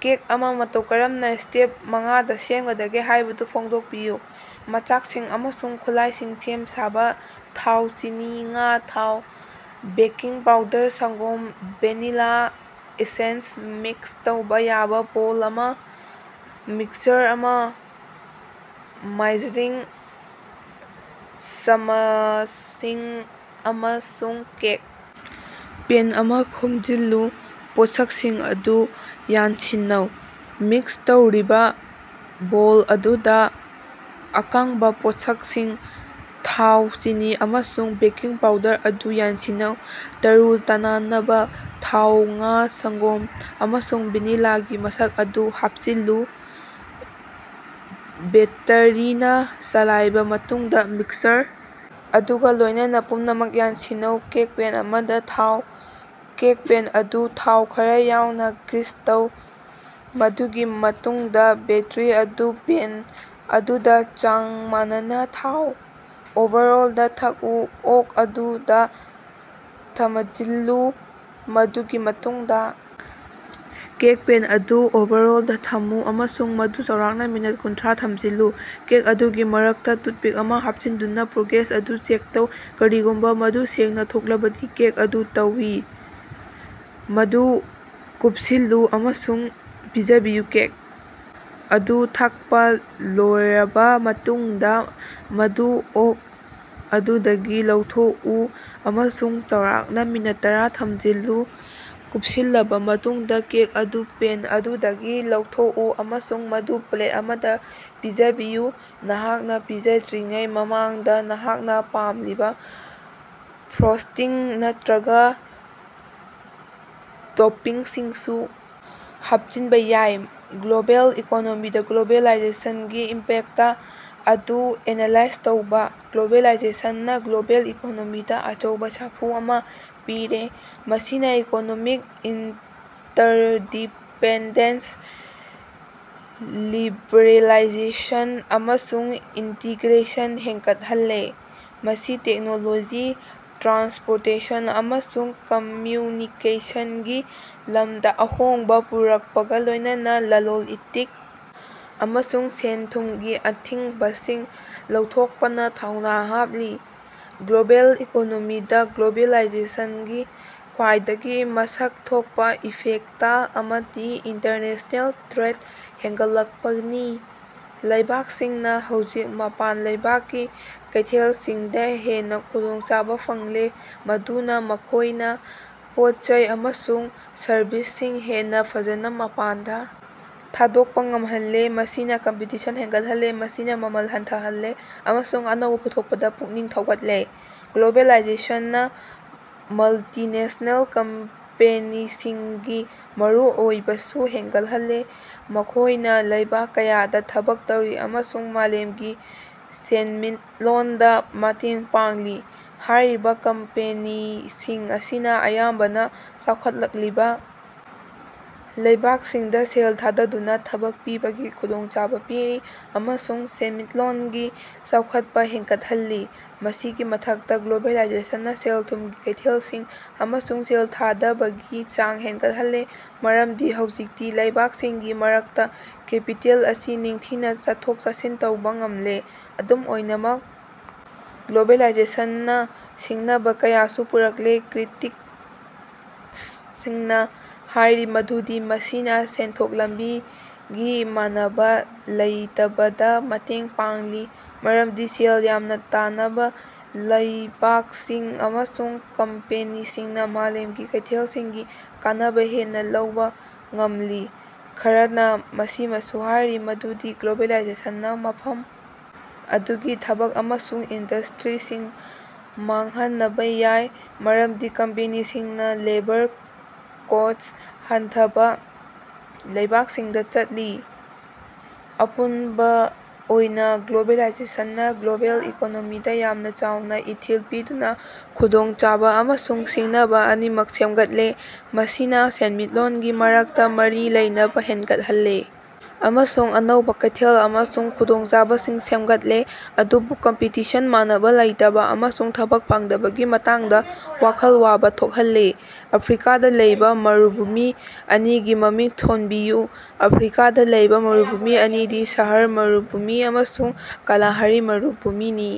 Cake ꯑꯃ ꯃꯇꯧ ꯀꯔꯝꯅ ꯁ꯭ꯇꯦꯞ ꯃꯉꯥꯗ ꯁꯦꯝꯒꯗꯒꯦ ꯍꯥꯏꯕꯗꯨ ꯐꯣꯡꯗꯣꯛꯄꯤꯌꯨ꯫ ꯃꯆꯥꯛꯁꯤꯡ ꯑꯃꯁꯨꯡ ꯈꯨꯠꯂꯥꯏꯁꯤꯡ ꯁꯦꯝ-ꯁꯥꯕ: ꯊꯥꯎ, ꯆꯤꯅꯤ, ꯉꯥ, ꯊꯥꯎ, ꯕꯦꯀꯤꯡ ꯄꯥꯎꯗꯔ, ꯁꯪꯒꯣꯝ, ꯚꯦꯅꯤꯂꯥ ꯑꯦꯁꯦꯟꯁ, ꯃꯤꯛꯁ ꯇꯧꯕ ꯌꯥꯕ ꯕꯣꯜ ꯑꯃ, ꯃꯤꯛꯁꯔ ꯑꯃꯥ, ꯃꯥꯏꯖꯔꯤꯡ ꯆꯃꯆꯁꯤꯡ ꯑꯃꯁꯨꯡ ꯀꯦꯛ ꯄꯦꯟ ꯑꯃꯥ ꯈꯣꯝꯖꯤꯜꯂꯨ꯫ ꯄꯣꯠꯁꯛꯁꯤꯡ ꯑꯗꯨ ꯌꯥꯟꯁꯤꯟꯅꯧ: ꯃꯤꯛꯁ ꯇꯧꯔꯤꯕꯥ ꯕꯣꯜ ꯑꯗꯨꯗꯥ, ꯑꯀꯪꯕꯥ ꯄꯣꯠꯁꯛꯁꯤꯡ ꯊꯥꯎ, ꯆꯤꯅꯤ, ꯑꯃꯁꯨꯡ ꯕꯦꯀꯤꯡ ꯄꯥꯎꯗꯔ ꯑꯗꯨ ꯌꯥꯟꯁꯤꯟꯅꯧ꯫ ꯇꯔꯨ-ꯇꯅꯥꯅꯕ ꯊꯥꯎ, ꯉꯥ, ꯁꯪꯒꯣꯝ, ꯑꯃꯁꯨꯡ ꯚꯦꯅꯤꯂꯥꯒꯤ ꯃꯁꯛ ꯑꯗꯨ ꯍꯥꯄꯆꯤꯜꯂꯨ꯫ ꯕꯦꯇꯔꯤꯅꯥ ꯆꯂꯥꯏꯕꯥ ꯃꯇꯨꯡꯗꯥ ꯃꯤꯛꯁꯔ ꯑꯗꯨꯒꯥ ꯂꯣꯏꯅꯅ ꯄꯨꯝꯅꯃꯛ ꯌꯥꯟꯁꯤꯟꯅꯧ꯫ ꯀꯦꯛ ꯄꯦꯟ ꯑꯃꯗꯥ ꯊꯥꯎ: ꯀꯦꯛ ꯄꯦꯟ ꯑꯗꯨ ꯊꯥꯎ ꯈꯔꯥ ꯌꯥꯎꯅꯥ ꯒ꯭ꯔꯤꯁ ꯇꯧ, ꯃꯗꯨꯒꯤ ꯃꯇꯨꯡꯗꯥ ꯕꯦꯇꯔꯤ ꯑꯗꯨ ꯄꯦꯟ ꯑꯗꯨꯗꯥ ꯆꯥꯡ ꯃꯥꯟꯅꯅꯥ ꯊꯥꯎ꯫ ꯑꯣꯚꯔꯑꯣꯜꯗꯥ ꯊꯛꯎ: ꯑꯣꯛ ꯑꯗꯨ ꯗꯥ ꯊꯃꯖꯤꯜꯂꯨ, ꯃꯗꯨꯒꯤ ꯃꯇꯨꯡꯗꯥ ꯀꯦꯛ ꯄꯦꯟ ꯑꯗꯨ ꯑꯣꯚꯔꯑꯣꯂꯗꯥ ꯊꯝꯃꯨ ꯑꯃꯁꯨꯡ ꯃꯗꯨ ꯆꯥꯎꯔꯥꯛꯅꯥ ꯃꯤꯅꯠ ꯀꯨꯟꯊ꯭ꯔꯥ ꯊꯝꯖꯤꯜꯂꯨ꯫ ꯀꯦꯛ ꯑꯗꯨꯒꯤ ꯃꯔꯛꯇꯥ ꯇꯨꯊꯄꯤꯛ ꯑꯃꯥ ꯍꯥꯄꯆꯤꯟꯗꯨꯅꯥ ꯄ꯭ꯔꯣꯒ꯭ꯔꯦꯁ ꯑꯗꯨ ꯆꯦꯛ ꯇꯧ; ꯀꯔꯤꯒꯨꯝꯕꯥ ꯃꯗꯨ ꯁꯦꯡꯅꯥ ꯊꯣꯛꯂꯕꯗꯤ ꯀꯦꯛ ꯑꯗꯨ ꯇꯧꯏ꯫ ꯃꯗꯨ ꯀꯨꯄꯁꯤꯜꯂꯨ ꯑꯃꯁꯨꯡ ꯄꯤꯖꯕꯤꯌꯨ ꯀꯦꯛ ꯑꯗꯨ ꯊꯛꯄꯥ ꯂꯣꯌꯔꯕꯥ ꯃꯇꯨꯡꯗꯥ, ꯃꯗꯨ ꯑꯣꯛ ꯑꯗꯨꯗꯒꯤ ꯂꯧꯊꯣꯛꯎ ꯑꯃꯁꯨꯡ ꯆꯥꯎꯔꯥꯛꯅꯥ ꯃꯤꯅꯠ ꯇꯔꯥ ꯊꯃꯖꯤꯜꯂꯨ꯫ ꯀꯨꯄꯁꯤꯜꯂꯕꯥ ꯃꯇꯨꯡꯗꯥ, ꯀꯦꯛ ꯑꯗꯨ ꯄꯦꯟ ꯑꯗꯨꯗꯒꯤ ꯂꯧꯊꯣꯀꯎ ꯑꯃꯁꯨꯡ ꯃꯗꯨ ꯄ꯭ꯂꯦꯠ ꯑꯃꯗꯥ ꯄꯤꯖꯕꯤꯌꯨ꯫ ꯅꯍꯥꯛꯅꯥ ꯄꯤꯖꯗ꯭ꯔꯤꯉꯩ ꯃꯃꯥꯡꯗꯥ ꯅꯍꯥꯛꯅꯥ ꯄꯥꯝꯂꯤꯕꯥ ꯐ꯭ꯔꯣꯁꯇꯤꯡ ꯅꯠꯇꯔꯒꯥ ꯇꯣꯄꯤꯡꯁꯤꯡꯁꯨ ꯍꯥꯄꯆꯤꯅꯕꯥ ꯌꯥꯏ꯫ ꯒ꯭ꯂꯣꯕꯦꯜ ꯏꯀꯣꯅꯣꯃꯤꯗꯥ ꯒ꯭ꯂꯣꯕꯦꯂꯥꯏꯖꯦꯁꯅꯒꯤ ꯏꯝꯄꯦꯛꯇ ꯑꯗꯨ ꯑꯦꯅꯥꯂꯥꯏꯖ ꯇꯧꯕꯥ꯫ ꯒ꯭ꯂꯣꯕꯦꯂꯥꯏꯖꯦꯁꯟꯅꯥ ꯒ꯭ꯂꯣꯕꯦꯜ ꯏꯀꯣꯅꯣꯃꯤꯗꯥ ꯑꯆꯧꯕꯥ ꯁꯥꯐꯨ ꯑꯃꯥ ꯄꯤꯔꯦ, ꯃꯁꯤꯅꯥ ꯏꯀꯣꯅꯣꯃꯤꯛ ꯏꯟꯇꯔꯗꯤꯄꯦꯟꯗꯦꯟꯁ, ꯂꯤꯕꯔꯦꯂꯥꯏꯖꯦꯁꯟ ꯑꯃꯁꯨꯡ ꯏꯟꯇꯤꯒ꯭ꯔꯦꯁꯟ ꯍꯦꯟꯒꯠꯍꯜꯂꯦ꯫ ꯃꯁꯤ ꯇꯦꯛꯅꯣꯂꯣꯖꯤ, ꯇ꯭ꯔꯥꯟꯁꯄꯣꯔꯇꯦꯁꯟ ꯑꯃꯁꯨꯡ ꯀꯝꯝꯌꯨꯅꯤꯀꯦꯁꯟꯒꯤ ꯂꯃꯗꯥ ꯑꯍꯣꯡꯕꯥ ꯄꯨꯔꯛꯄꯒꯥ ꯂꯣꯏꯅꯅ ꯂꯂꯣꯟ-ꯏꯇꯤꯛ ꯑꯃꯁꯨꯡ ꯁꯦꯟ-ꯊꯨꯃꯒꯤ ꯑꯊꯤꯡꯕꯁꯤꯡ ꯂꯧꯊꯣꯛꯄꯅꯥ ꯊꯧꯅꯥ ꯍꯥꯞꯂꯤ꯫ ꯒ꯭ꯂꯣꯕꯦꯜ ꯏꯀꯣꯅꯣꯃꯤꯗꯥ ꯒ꯭ꯂꯣꯕꯦꯂꯥꯏꯖꯦꯁꯅꯒꯤ ꯈ꯭ꯋꯥꯏꯗꯒꯤ ꯃꯁꯛ ꯊꯣꯀꯄꯥ ꯏꯐꯦꯛꯇ ꯑꯃꯗꯤ ꯏꯟꯇꯔꯅꯦꯁꯅꯦꯜ ꯇ꯭ꯔꯦꯗ ꯍꯦꯟꯒꯠꯂꯛꯄꯅꯤ꯫ ꯂꯩꯕꯥꯛꯁꯤꯡꯅꯥ ꯍꯧꯖꯤꯛ ꯃꯄꯥꯟ ꯂꯩꯕꯥꯛꯀꯤ ꯀꯩꯊꯦꯜꯁꯤꯡꯗꯥ ꯍꯦꯟꯅꯥ ꯈꯨꯗꯣꯡꯆꯥꯕꯥ ꯐꯪꯂꯦ, ꯃꯗꯨꯅꯥ ꯃꯈꯣꯏꯅꯥ ꯄꯣꯠ-ꯆꯩ ꯑꯃꯁꯨꯡ ꯁꯔꯕꯤꯁꯁꯤꯡ ꯍꯦꯟꯅꯥ ꯐꯖꯅꯥ ꯃꯄꯥꯟꯗꯥ ꯊꯥꯗꯣꯀꯄꯥ ꯉꯃꯍꯜꯂꯦ꯫ ꯃꯁꯤꯅꯥ ꯀꯝꯄꯤꯇꯤꯁꯟ ꯍꯦꯅꯒꯠꯍꯜꯂꯦ, ꯃꯁꯤꯅꯥ ꯃꯃꯜ ꯍꯟꯊꯍꯜꯂꯦ ꯑꯃꯁꯨꯡ ꯑꯅꯧꯕꯥ ꯄꯨꯊꯣꯀꯄꯗꯥ ꯄꯨꯛꯅꯤꯡ ꯊꯧꯒꯠꯂꯦ꯫ ꯒ꯭ꯂꯣꯕꯦꯂꯥꯏꯖꯦꯁꯟꯅꯥ ꯃꯜꯇꯤꯅꯦꯁ꯭ꯅꯦꯜ ꯀꯝꯄꯦꯅꯤꯁꯤꯡꯒꯤ ꯃꯔꯨꯑꯣꯏꯕꯁꯨ ꯍꯦꯟꯒꯠꯍꯜꯂꯦ, ꯃꯈꯣꯏꯅꯥ ꯂꯩꯕꯥꯛ ꯀꯌꯥꯗꯥ ꯊꯕꯛ ꯇꯧꯔꯤ ꯑꯃꯁꯨꯡ ꯃꯥꯂꯦꯝꯒꯤ ꯁꯦꯟꯃꯤꯠꯂꯣꯟꯗꯥ ꯃꯇꯦꯡ ꯄꯥꯡꯂꯤ꯫ ꯍꯥꯏꯔꯤꯕꯥ ꯀꯝꯄꯦꯅꯤꯁꯤꯡ ꯑꯁꯤꯅꯥ ꯑꯌꯥꯝꯕꯅꯥ ꯆꯥꯎꯈꯠꯂꯛꯂꯤꯕꯥ ꯂꯩꯕꯥꯀꯁꯤꯡꯗꯥ ꯁꯦꯜ ꯊꯥꯗꯗꯨꯅꯥ ꯊꯕꯛ ꯄꯤꯕꯒꯤ ꯈꯨꯗꯣꯡꯆꯥꯕꯥ ꯄꯤꯔꯤ ꯑꯃꯁꯨꯡ ꯁꯦꯟꯃꯤꯠꯂꯣꯟꯒꯤ ꯆꯥꯎꯈꯠꯄꯥ ꯍꯦꯟꯒꯠꯍꯜꯂꯤ꯫ ꯃꯁꯤꯒꯤ ꯃꯊꯛꯇꯥ, ꯒ꯭ꯂꯣꯕꯦꯂꯥꯏꯖꯦꯁꯟꯅꯥ ꯁꯦꯜ-ꯊꯨꯝꯒꯤ ꯀꯩꯊꯦꯜꯁꯤꯡ ꯑꯃꯁꯨꯡ ꯁꯦꯜ ꯊꯥꯗꯕꯒꯤ ꯆꯥꯡ ꯍꯦꯅꯒꯠꯍꯜꯂꯦ, ꯃꯔꯃꯗꯤ ꯍꯧꯖꯤꯛꯇꯤ ꯂꯩꯕꯥꯛꯁꯤꯡꯒꯤ ꯃꯔꯛꯇꯥ ꯀꯦꯄꯤꯇꯦꯜ ꯑꯁꯤ ꯅꯤꯡꯊꯤꯅꯥ ꯆꯠꯊꯣꯛ-ꯆꯠꯁꯤꯟ ꯇꯧꯕꯥ ꯉꯝꯂꯦ꯫ ꯑꯗꯨꯝ ꯑꯣꯏꯅꯃꯛ ꯒ꯭ꯂꯣꯕꯦꯂꯥꯏꯖꯦꯁꯟꯅꯥ ꯁꯤꯡꯅꯕꯥ ꯀꯌꯥꯁꯨ ꯄꯨꯔꯛꯂꯦ꯫ ꯀ꯭ꯔꯤꯇꯤꯛꯁꯁꯤꯡꯅꯥ ꯍꯥꯏꯔꯤ ꯃꯗꯨꯗꯤ ꯃꯁꯤꯅꯥ ꯁꯦꯟꯊꯣꯛ ꯂꯝꯕꯤꯒꯤ ꯃꯥꯟꯅꯕꯥ ꯂꯩꯇꯕꯗꯥ ꯃꯇꯦꯡ ꯄꯥꯡꯂꯤ, ꯃꯔꯃꯗꯤ ꯁꯦꯜ ꯌꯥꯝꯅꯥ ꯇꯥꯅꯕꯥ ꯂꯩꯕꯥꯛꯁꯤꯡ ꯑꯃꯁꯨꯡ ꯀꯝꯄꯦꯅꯤꯁꯤꯡꯅꯥ ꯃꯥꯂꯦꯃꯒꯤ ꯀꯩꯊꯦꯜꯁꯤꯡꯒꯤ ꯀꯥꯟꯅꯕꯥ ꯍꯦꯟꯅꯥ ꯂꯧꯕꯥ ꯉꯝꯂꯤ꯫ ꯈꯔꯅꯥ ꯃꯁꯤꯃꯁꯨ ꯍꯥꯏꯔꯤ ꯃꯗꯨꯗꯤ ꯒ꯭ꯂꯣꯕꯦꯂꯥꯏꯖꯦꯁꯟꯅꯥ ꯃꯐꯝ ꯑꯗꯨꯒꯤ ꯊꯕꯛ ꯑꯃꯁꯨꯡ ꯏꯟꯗꯁ꯭ꯇꯔꯤꯁꯤꯡ ꯃꯥꯡꯍꯅꯕꯥ ꯌꯥꯏ, ꯃꯔꯝꯗꯤ ꯀꯝꯄꯦꯅꯤꯁꯤꯡꯅꯥ ꯂꯦꯕꯔ ꯀꯣꯁꯠ ꯍꯟꯊꯕꯥ ꯂꯩꯕꯥꯛꯁꯤꯡꯗꯥ ꯆꯠꯂꯤ꯫ ꯑꯄꯨꯅꯕꯥ ꯑꯣꯏꯅꯥ ꯒ꯭ꯂꯣꯕꯦꯂꯥꯏꯖꯦꯁꯟꯅꯥ ꯒ꯭ꯂꯣꯕꯦꯜ ꯏꯀꯣꯅꯣꯃꯤꯗꯥ ꯌꯥꯝꯅꯥ ꯆꯥꯎꯅꯥ ꯏꯊꯤꯜ ꯄꯤꯗꯨꯅꯥ ꯈꯨꯗꯣꯡꯆꯥꯕꯥ ꯑꯃꯁꯨꯡ ꯁꯤꯡꯅꯕꯥ ꯑꯅꯤꯃꯛ ꯁꯦꯝꯒꯠꯂꯦ꯫ ꯃꯁꯤꯅꯥ ꯁꯦꯟꯃꯤꯠꯂꯣꯟꯒꯤ ꯃꯔꯛꯇꯥ ꯃꯔꯤ ꯂꯩꯅꯕꯥ ꯍꯦꯟꯒꯠꯍꯜꯂꯦ ꯑꯃꯁꯨꯡ ꯑꯅꯧꯕꯥ ꯀꯩꯊꯦꯜ ꯑꯃꯁꯨꯡ ꯈꯨꯗꯣꯡꯆꯥꯕꯁꯤꯡ ꯁꯦꯃꯒꯠꯂꯦ, ꯑꯗꯨꯕꯨ ꯀꯝꯄꯤꯇꯤꯁꯟ, ꯃꯥꯟꯅꯕꯥ ꯂꯩꯇꯕꯥ, ꯑꯃꯁꯨꯡ ꯊꯕꯛ ꯐꯪꯗꯕꯒꯤ ꯃꯇꯥꯡꯗꯥ ꯋꯥꯈꯜ ꯋꯥꯕꯥ ꯊꯣꯛꯍꯜꯂꯦ꯫ ꯑꯐ꯭ꯔꯤꯀꯥꯗꯥ ꯂꯩꯕꯥ ꯃꯔꯨꯚꯨꯃꯤ ꯑꯅꯤꯒꯤ ꯃꯃꯤꯡ ꯊꯣꯟꯕꯤꯌꯨ꯫ ꯑꯐ꯭ꯔꯤꯀꯥꯗꯥ ꯂꯩꯕꯥ ꯃꯔꯨꯚꯨꯃꯤ ꯑꯅꯤꯗꯤ ꯁꯥꯍꯥꯔꯥ ꯃꯔꯨꯚꯨꯃꯤ ꯑꯃꯁꯨꯡ ꯀꯥꯂꯥꯍꯥꯔꯤ ꯃꯔꯨꯚꯨꯃꯤꯅꯤ꯫